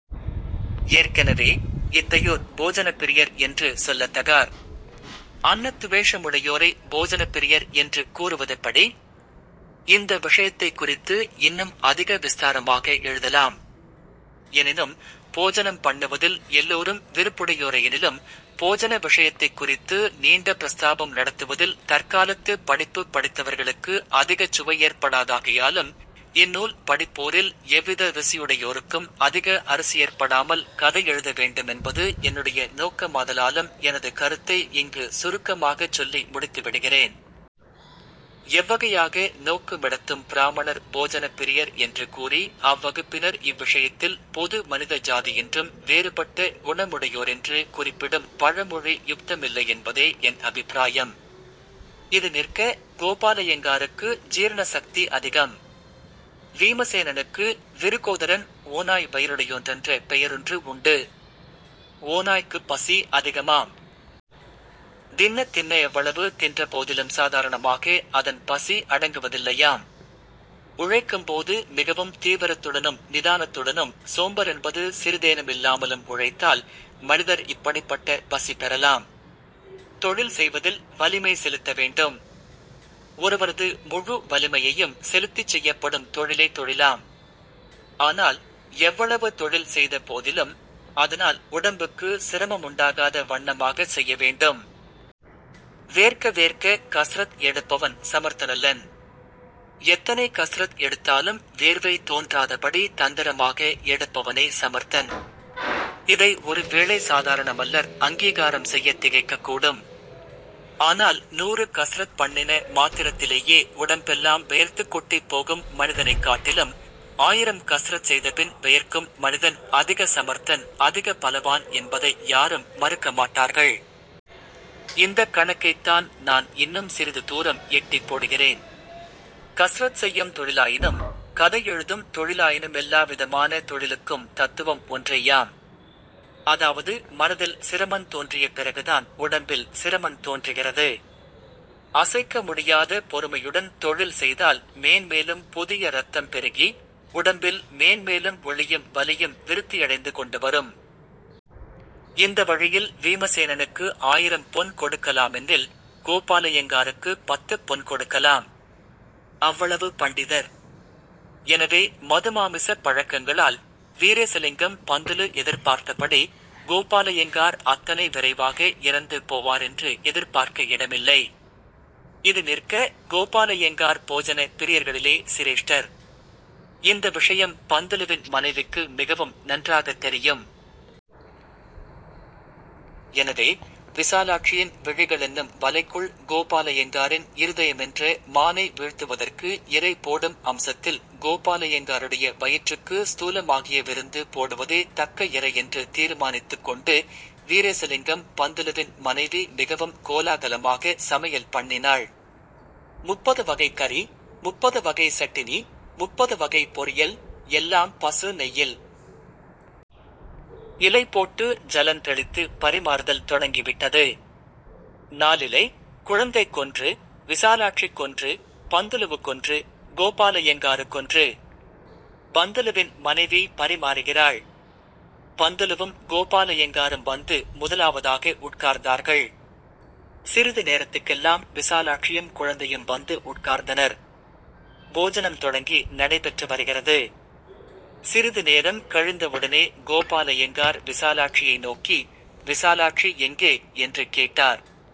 ஏற்கெனவே, இத்தையோர் போஜனப்பிரியர் என்று சொல்லத்தகார். அன்னத் துவேஷமுடையோரை போஜனப்பிரியர் என்று கூறுவதெப்படி? இந்த விஷயத்தைக் குறித்து இன்னும் அதிக விஸ்தாரமாக எழுதலாம். எனினும், போஜனம் பண்ணுவதில் எல்லோரும் விருப்புடையோரெயெனிலும், போஜன விஷயத்தைக் குறித்து நீண்ட பிரஸ்தாபம் நடத்துவதில் தற்காலத்துப் படிப்புப் படித்தவர்களுக்கு அதிகச் சுவையேற்படாதாகையாலும், இந்நூல் படிப்போரில் எவ்வித ருசியுடையோருக்கும் அதிக அருசியேற்படாமல் கதையெழுத வேண்டுமென்பது என்னுடைய நோக்கமாதலாலும் எனது கருத்தை இங்கு சுருக்கமாகச் சொல்லி முடித்துவிடுகிறேன். எவ்வகையாக நோக்குமிடத்தும் பிராமணர் போஜனப்பிரியர் என்று கூறி அவ்வகுப்பினர் இவ்விஷயத்தில் பொது மனித ஜாதியின்றும் வேறுபட்ட குணமுடையோரென்று குறிப்பிடும் பழமொழி யுக்தமில்லையென்பதே என் அபிப்ராயம். இது நிற்க. கோபாலய்யங்காருக்கு ஜீர்ண சக்தி அதிகம். வீமஸேனனுக்கு 'விருகோதரன்' ஓநாய் வயிறுடையோன்-என்ற பெயரொன்று உண்டு. ஓநாய்க்குப் பசி அதிகமாம். தின்னத் தின்ன-எவ்வளவு தின்றபோதிலும்-சாதாரணமாக அதன் பசி அடங்குவதில்லையாம். உழைக்கும்போது மிகவும் தீவிரத்துடனும் நிதானத்துடனும் சோம்பரென்பது சிறிதேனுமில்லாமலும் உழைத்தால், மனிதர் இப்படிப்பட்ட பசி பெறலாம். தொழில் செய்வதில் வலிமை செலுத்த வேண்டும். ஒருவனது முழு வலிமையையும் செலுத்திச் செய்யப்படும் தொழிலே தொழிலாம். ஆனால், எவ்வளவு தொழில் செய்த போதிலும், அதனால் உடம்புக்கு சிரமமுண்டாகாத வண்ணமாகச் செய்யவேண்டும். வேர்க்க வேர்க்க கஸ்ரத் எடுப்பவன் சமர்த்தனல்லன். எத்தனை கஸ்ரத் எடுத்தாலும் வேர்வை தோன்றாதபடி தந்திரமாக எடுப்பவனே சமர்த்தன். இதை ஒரு வேளை சாதாரண மல்லர் அங்கீகாரம் செய்யத் திகைக்கக்கூடும். ஆனால் நூறு கஸ்ரத் பண்ணின மாத்திரத்திலேயே உடம்பெல்லாம் வெயர்த்துக் கொட்டிப் போகும் மனிதனைக் காட்டிலும், ஆயிரம் கஸ்ரத் செய்தபின் வெயர்க்கும் மனிதன் அதிக சமர்த்தன் அதிக பலவான் என்பதை யாரும் மறுக்கமாட்டார்கள். இந்தக் கணக்கைத்தான் நான் இன்னும் சிறிது தூரம் எட்டிப் போடுகிறேன். கஸ்ரத் செய்யும் தொழிலாயினும், கதையெழுதும் தொழிலாயினும்-எல்லாவிதமான தொழிலுக்கும் தத்துவம் ஒன்றேயாம். அதாவது மனதில் சிரமந் தோன்றிய பிறகு தான் உடம்பில் சிரமந் தோன்றுகிறது. அசைக்க முடியாத பொறுமையுடன் தொழில் செய்தால் மேன்மேலும் புதிய ரத்தம் பெருகி, உடம்பில் மேன்மேலும் ஒளியும் வலியும் விருத்தியடைந்து கொண்டு வரும். இந்த வழியில் வீமசேனனுக்கு ஆயிரம் பொன் கொடுக்கலாமென்னில், கோபாலய்யங்காருக்குப் பத்துப் பொன் கொடுக்கலாம். அவ்வளவு பண்டிதர். எனவே மதுமாமிசப் பழக்கங்களால், வீரேசலிங்கம் பந்துலு எதிர்பார்த்தபடி, கோபாலய்யங்கார் அத்தனை விரைவாக இறந்து போவாரென்று எதிர்பார்க்க இடமில்லை. இது நிற்க. கோபாலய்யங்கார் போஜன பிரியர்களிலே சிரேஷ்டர். இந்த விஷயம் பந்துலுவின் மனைவிக்கு மிகவும் நன்றாகத் தெரியும். எனவே, விசாலாட்சியின் விழிகளென்னும் வலைக்குள் கோபாலய்யங்காரின் இருதயமென்ற மானை வீழ்த்துவதற்கு இரை போடும் அம்சத்தில் கோபாலய்யங்காருடைய வயிற்றுக்கு ஸ்தூலமாகிய விருந்து போடுவதே தக்க இரையென்று தீர்மானித்துக் கொண்டு, வீரேசலிங்கம் பந்துலுவின் மனைவி மிகவும் கோலாகலமாகச் சமையல் பண்ணினாள். முப்பது வகைக் கறி; முப்பது வகை சட்டினி; முப்பது வகை பொரியல்;-எல்லாம் பசு நெய்யில். இலை போட்டு ஜலந் தெளித்துப் பரிமாறுதல் தொடங்கிவிட்டது. நாலிலை; குழந்தைக்கொன்று; விசாலாட்சிக்கொன்று; பந்துலுவுக்கொன்று; கோபா-லய்யங்காருக்கொன்று. பந்துலுவின் மனைவி பரிமாறுகிறாள். பந்துலுவும் கோபாலய்யங்காரும் வந்து முதலாவதாக உட்கார்ந்தார்கள். சிறிது நேரத்துக்கெல்லாம் விசாலாட்சியும் குழந்தையும் வந்து உட்கார்ந்தனர். போஜனம் தொடங்கி நடைபெற்று வருகிறது. சிறிது நேரம் கழிந்தவுடனே கோபாலய்யங்கார் விசாலாட்சியை நோக்கி:- ''விசாலாட்சி எங்கே'' என்று கேட்டார்.